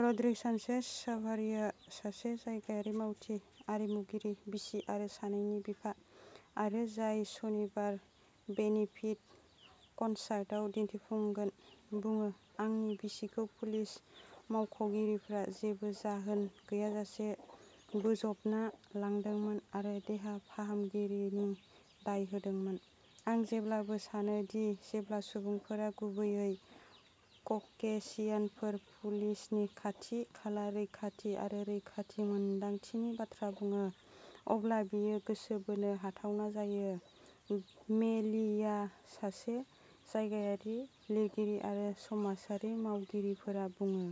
रड्रिग' सानचेज-चाभार्रिया, सासे जायगायारि मावथि, आरिमुगिरि, बिसि आरो सानैनि बिफा, आरो जाय सनिबाराव बेनिफिट कनसार्टआव दिन्थिफुंगोन, बुङो। आंनि बिसिखौ पुलिस मावख'गिरिफ्रा जेबो जाहोन गैयाजासे बोजबना लादोंमोन आरो देहा फालांगिनि दाय होदोंमोन। आं जेब्लाबो सानो दि जेब्ला सुबुंफोरा-गुबैयै ककेसियानफोर पुलिसनि खाथि-खाला रैखाथि आरो रैखाथि मोन्दांथिनि बाथ्रा बुङो, अब्ला बेयो गोसो बोनो हाथावना जायो मे ली-यां, सासे जायगायारि लिरगिरि आरो समाजारि मावगिरिफोरा बुङो।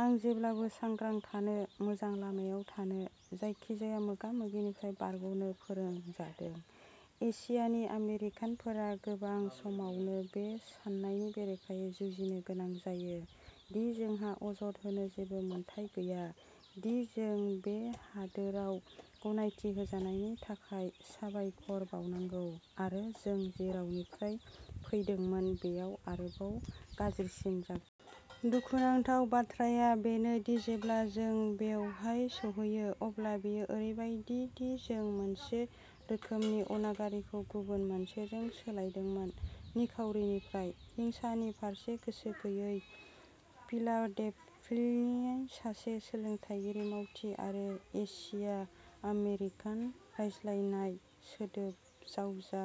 आं जेब्लाबो सांग्रां थानो, मोजां लामायाव थानो, जायखिजाया मोगा-मोगिनिफ्राय बारग'नो फोरोंजादों। एशियानि आमेरिकानफोरा गोबां समावनो बे साननायनि बेरेखायै जुजिनो गोनां जायो दि जोंहा अजद होनो जेबो मोन्थाइ गैया, दि जों बे हादोराव गनायथि होजानायनि थाखाय साबायखर बावनांगौ आरो जों जेरावनिफ्राय फैदोंमोन बेयाव आरोबाव गाज्रिसिन जागोन। दुखुनांथाव बाथ्राया बेनो दि जेब्ला जों बेवहाय सौहैयो, अब्ला बेयो ओरैबादि दि जों मोनसे रोखोमनि अनागारिखौ गुबुन मोनसेजों सोलायदोंमोन, निखावरिनिफ्राय। हिंसानि फारसे गोसो गैयै फिलाडेल्फियानि सासे सोलोंथायगिरि, मावथि, आरो एशियान आमेरिकान रायज्लायजानाय सोदोब जावजा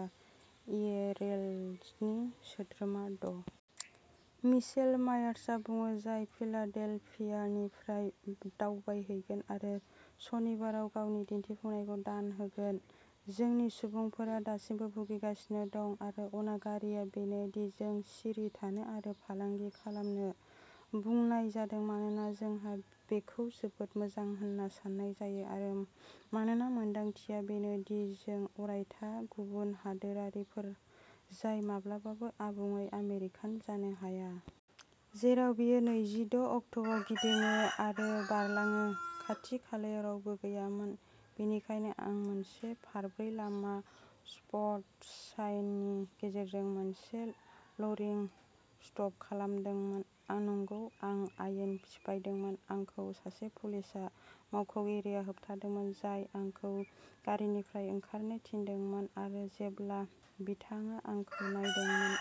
येल'रेजनि सोद्रोमा ड मिशेल मायार्सआ बुङो, जाय फिलाडेल्फियानिफ्राय दावबायहैगोन आरो सनिबाराव गावनि दिन्थिफुंनायखौ दान होगोन। जोंनि सुबुंफोरा दासिमबो भुगिगासिनो दं, आरो अनागारिआ बेनो दि जों'सिरि थानो आरो फालांगि खालामनो बुंनाय जादों मानोना जोंहा बेखौ जोबोद मोजां होन्ना सान्नाय जायो आरो मानोना मोन्दांथिया बेनो दि जों अरायथा गुबुन हादोरारिफोर जाय माब्लाबाबो आबुङै आमेरिकान जानो हाया। जेराव बेयो नैजिद' अक्ट'आव गिदिङो आरो बारलाङो। खाथि-खालायाव रावबो गैयामोन, बेनिखायनो आं मोनसे फारब्रै लामा स्टप साइननि गेजेरजों मोनसे र'लिं स्टप खालामदोंमोन। नंगौ, आं आयेन सिफायदोंमोन। आंखौ सासे पुलिस मावख'गिरिया होबथायदोंमोन, जाय आंखौ गारिनिफ्राय ओंखारनो थिनदोंमोन आरो जेब्ला बिथाङा आंखौ नायदोंमोन,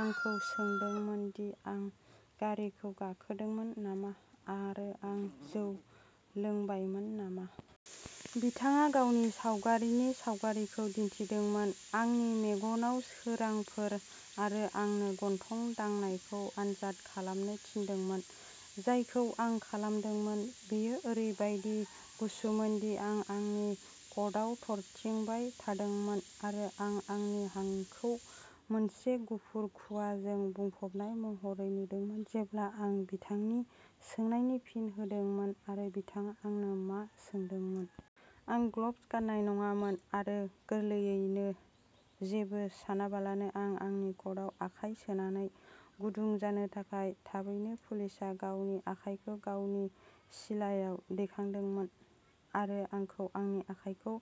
आंखौ सोंदोंमोन दि आं गारिखौ खावदोंमोन नामा, आरो आं जौ लोंबायमोन नामा। बिथाङा गावनि सावगारिनि सावगारिखौ दिन्थिदोंमोन। आंनि मेगनाव सोरांफोर आरो आंनो गन्थं दांनायखौ आनजाद खालामनो थिनदोंमोन, जायखौ आं खालामदोंमोन। बेयो ओरैबायदि गुसुमोनदि आं आंनि कटआव थरथिंबाय थादोंमोन आरो आं आंनि हांखौ मोनसे गुफुर खुवाजों बुंफबनाय महरै नुदोंमोन जेब्ला आं बिथांनि सोंनायनि फिन होदोंमोन आरो बिथाङा आंनो मा सोंदोंमोन। आं ग्लब्स गान्नाय नङामोन, आरो गोरलैयैनो, जेबो सानालाबानो, आं आंनि कटआव आखाइ सोनानै गुदुं जानो थाखाय। थाबैनो पुलिसआ गावनि आखाइखौ गावनि सिलायाव दैखांदोंमोन आरो आंखौ आंनि आखाइखौ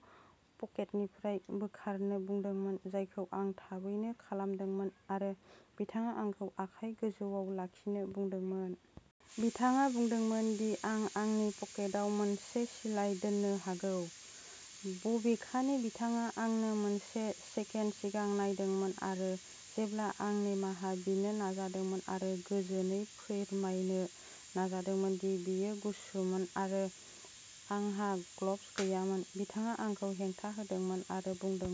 पकेटनिफ्राय बोखारनो बुंदोंमोन, जायखौ आं थाबैनो खालामदोंमोन, आरो बिथाङा आंखौ आखाइ गोजौआव लाखिनो बुंदोंमोन। बिथाङा बुंदोंमोन दि आं आंनि पकेटआव मोनसे सिलाइ दोननो हागोन, बबेखानि बिथाङा आंनो मोनसे सेकेन्ड सिगां नायदोंमोन, आरो जेब्ला आं निमाहा बिनो नाजादोंमोन आरो गोजोनै फोरमायनो नाजादोंमोन दि बेयो गुसुमोन आरो आंहा ग्लब्स गैयामोन, बिथाङा आंखौ हेंथा होदोंमोन आरो बुंदोंमोन।